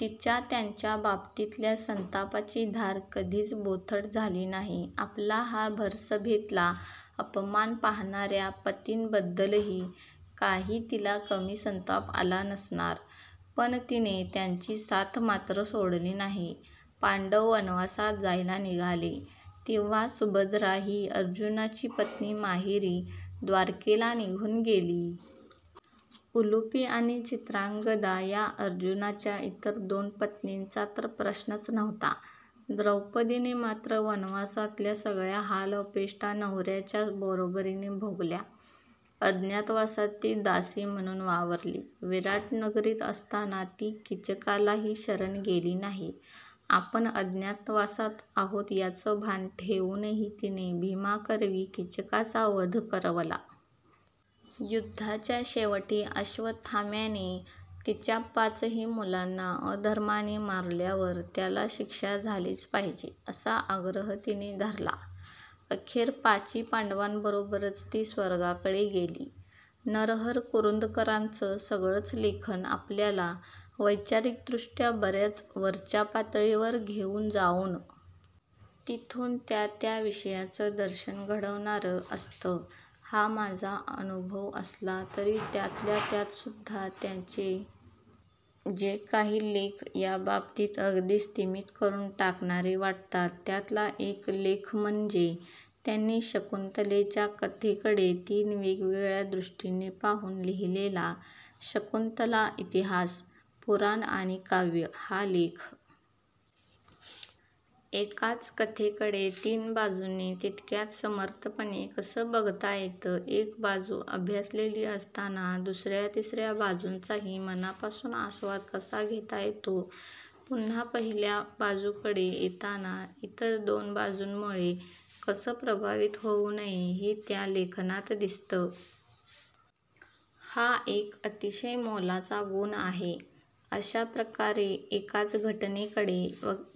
तिच्या त्यांच्या बाबतीतल्या संतापाची धार कधीच बोथट झाली नाही. आपला हा भरसभेतला अपमान पाहणार्या पतींबद्दलही काही तिला कमी संताप आला नसणार, पण तिने त्यांची साथ मात्र सोडली नाही. पांडव वनवासात जायला निघाले, तेव्हा सुभद्रा ही अर्जुनाची पत्नी माहेरी, द्वारकेला निघून गेली. उलूपी आणि चित्रांगदा या अर्जुनाच्या इतर दोन पत्नींचा तर प्रश्नच नव्हता. द्रौपदीने मात्र वनवासातल्या सगळ्या हालअपेष्टा नवर्यांच्या बरोबरीने भोगल्या. अज्ञातवासात ती दासी म्हणून वावरली. विराटनगरीत असताना ती कीचकालाही शरण गेली नाही. आपण अज्ञातवासात आहोत याचं भान ठेवूनही तिने भीमाकरवी कीचकाचा वध करवला. युद्धाच्या शेवटी अश्वत्थाम्याने तिच्या पाचही मुलांना अधर्माने मारल्यावर त्याला शिक्षा झालीच पाहिजे, असा आग्रह तिने धरला. अखेर पाची पांडवांबरोबरच ती स्वर्गाकडे गेली. नरहर कुरुंदकरांचं सगळंच लेखन आपल्याला वैचारिकदृष्ट्या बर्याच वरच्या पातळीवर घेऊन जाऊन तिथून त्या त्या विषयाचं दर्शन घडवणारं असतं हा माझा अनुभव असला, तरी त्यातल्या त्यातसुद्धा त्यांचे जे काही लेख या बाबतीत अगदी स्तिमित करून टाकणारे वाटतात, त्यातला एक लेख म्हणजे त्यांनी शकुंतलेच्या कथेकडे तीन वेगवेगळ्या दृष्टींनी पाहून लिहिलेला ' शकुंतला: इतिहास, पुराण आणि काव्य' हा लेख. एकाच कथेकडे तीन बाजूंनी तितक्याच समर्थपणे कसं बघता येतं, एक बाजू अभ्यासलेली असताना दुसर्या, तिसर्या बाजूंचाही मनापासून आस्वाद कसा घेता येतो, पुन्हा पहिल्या बाजूकडे येताना इतर दोन बाजूंमुळे कसं प्रभावित होऊ नये, हे त्या लेखनात दिसतं. हा एक अतिशय मोलाचा गुण आहे. अशा प्रकारे एकाच घटनेकडे,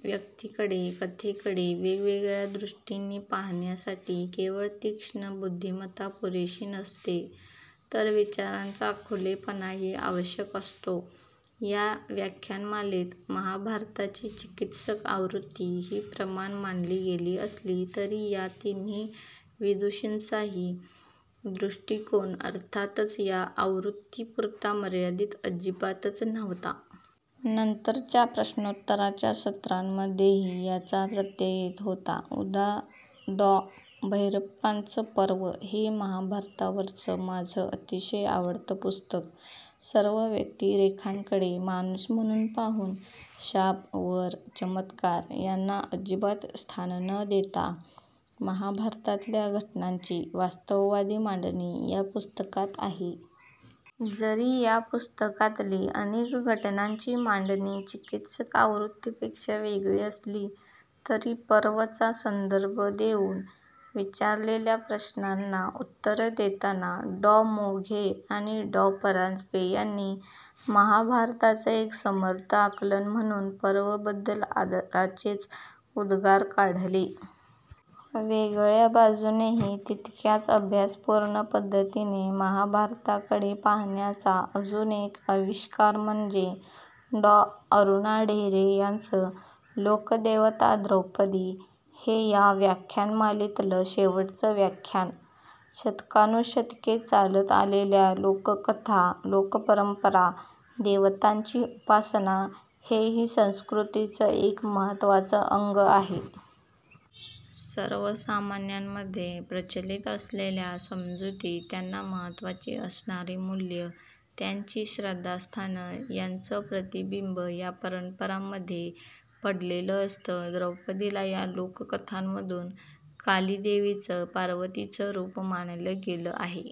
व्यक्तीकडे, कथेकडे वेगवेगळ्या दृष्टींनी पाहण्यासाठी केवळ तीक्ष्ण बुद्धिमत्ता पुरेशी नसते, तर विचारांचा खुलेपणाही आवश्यक असतो. या व्याख्यानमालेत महाभारताची चिकित्सक आवृत्ती ही प्रमाण मानली गेली असली, तरी या तिन्ही विदुषींचाही दृष्टिकोन अर्थातच या आवृत्तीपुरता मर्यादित अजिबातच नव्हता. नंतरच्या प्रश्नोत्तरांच्या सत्रांमध्येही याचा प्रत्यय येत होता. उदा. डॉ. भैरप्पांचं 'पर्व' हे महाभारतावरचं माझं अतिशय आवडतं पुस्तक. सर्व व्यक्तिरेखांकडे 'माणूस' म्हणून पाहून, शाप, वर, चमत्कार यांना अजिबात स्थान न देता, महाभारतातल्या घटनांची वास्तववादी मांडणी या पुस्तकात आहे. जरी या पुस्तकातली अनेक घटनांची मांडणी चिकित्सक आवृत्तीपेक्षा वेगळी असली, तरी 'पर्व' चा संदर्भ देऊन विचारलेल्या प्रश्नांना उत्तरं देताना डॉ. मोघे आणि डॉ. परांजपे यांनी महाभारताचं एक समर्थ आकलन म्हणून 'पर्व'बद्दल आदराचेच उद्गार काढले. वेगळ्या बाजूनेही तितक्याच अभ्यासपूर्ण पद्धतीने महाभारताकडे पाहण्याचा अजून एक आविष्कार म्हणजे डॉ. अरुणा ढेरे यांचं 'लोकदेवता द्रौपदी' हे या व्याख्यानमालेतलं शेवटचं व्याख्यान. शतकानुशतके चालत आलेल्या लोककथा, लोकपरंपरा, देवतांची उपासना हेही संस्कृतीचं एक महत्त्वाचं अंग आहे. सर्वसामान्यांमध्ये प्रचलित असलेल्या समजुती, त्यांना महत्त्वाची असणारी मूल्यं, त्यांची श्रद्धास्थानं यांचं प्रतिबिंब या परंपरांमध्ये पडलेलं असतं. द्रौपदीला या लोककथांमधून काली देवीचं, पार्वतीचं रूप मानलं गेलं आहे.